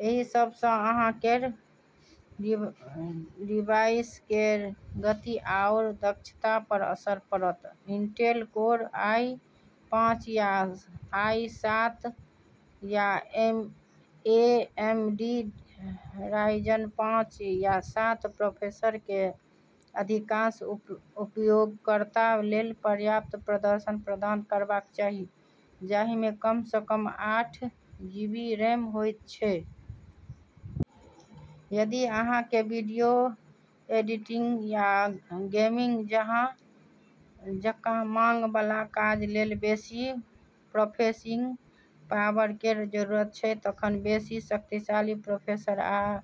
एहि सब सँ अहाँ केर डिवाइस केर गति आओर दक्षता पर असर पड़त। इंटेल कोर आई पाँच या आई सात या ए एम डी राइजन पाँच या सात प्रोसेसर केँ अधिकांश उपयोगकर्ता लेल पर्याप्त प्रदर्शन प्रदान करबाक चाही, जहि मे कम सँ कम आठ जी बी रैम होइत छै। यदि अहाँ केँ वीडियो एडिटिंग या गेमिंग जकाँ मांग बला काज लेल बेसि प्रोसेसिंग पावर केर जरूरत छै, तखन बेसि शक्तिशाली प्रोसेसर आ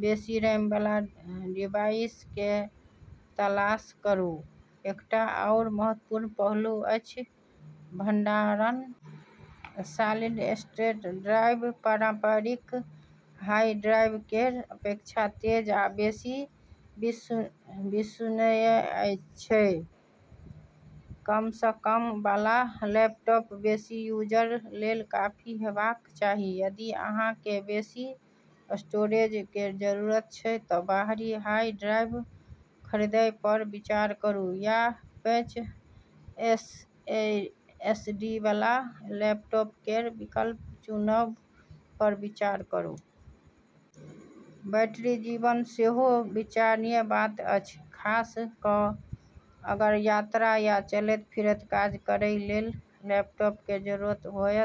बेसि रैम वाला डिवाइस केर तलाश करू। एकटा आओर महत्वपूर्ण पहलू अछि भंडारण। सॉलिड-स्टेट ड्राइव पारंपरिक हार्ड ड्राइव केर अपेक्षा तेज आ बेसि विश्वसनीय छै। कम सँ कम वाला लैपटॉप बेसि यूजर लेल काफी हेबाक चाही। यदि अहाँ केँ बेसि स्टोरेज केर जरूरत छै त बाहरी हार्ड ड्राइव खरीदय पर विचार करू या पैघ एसएसडी वाला लैपटॉप केर विकल्प चुनय पर विचार करू। बैटरी जीवन सेहो विचारणीय बात अछि, खास कऽ अगर यात्रा या चलैत-फिरैत काज करै लेल लैपटॉप केर जरूरत होअय।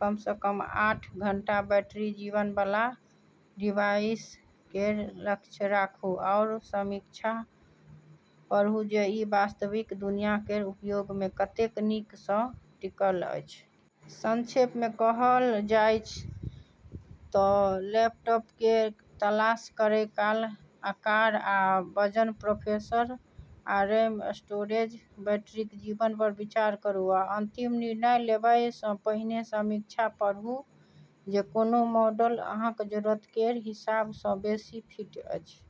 कम सँ कम आठ घंटा बैटरी जीवन वाला डिवाइस केर लक्ष्य राखू, आओर समीक्षा पढ़ू जे ई वास्तविक दुनिया केर उपयोग मे कतेक नीक सँ टिकल अछि। संक्षेप मे कहल जाय तऽ लैपटॉप केर तलाश करै काल आकार आ वजन, प्रोसेसर आ रैम, स्टोरेज, बैटरी जीवन पर विचार करू आ अंतिम निर्णय लेबय सँ पहिने समीक्षा पढ़ू जे कोनो मॉडल अहाँक जरूरत केर हिसाब सँ बेसि फिट अछि।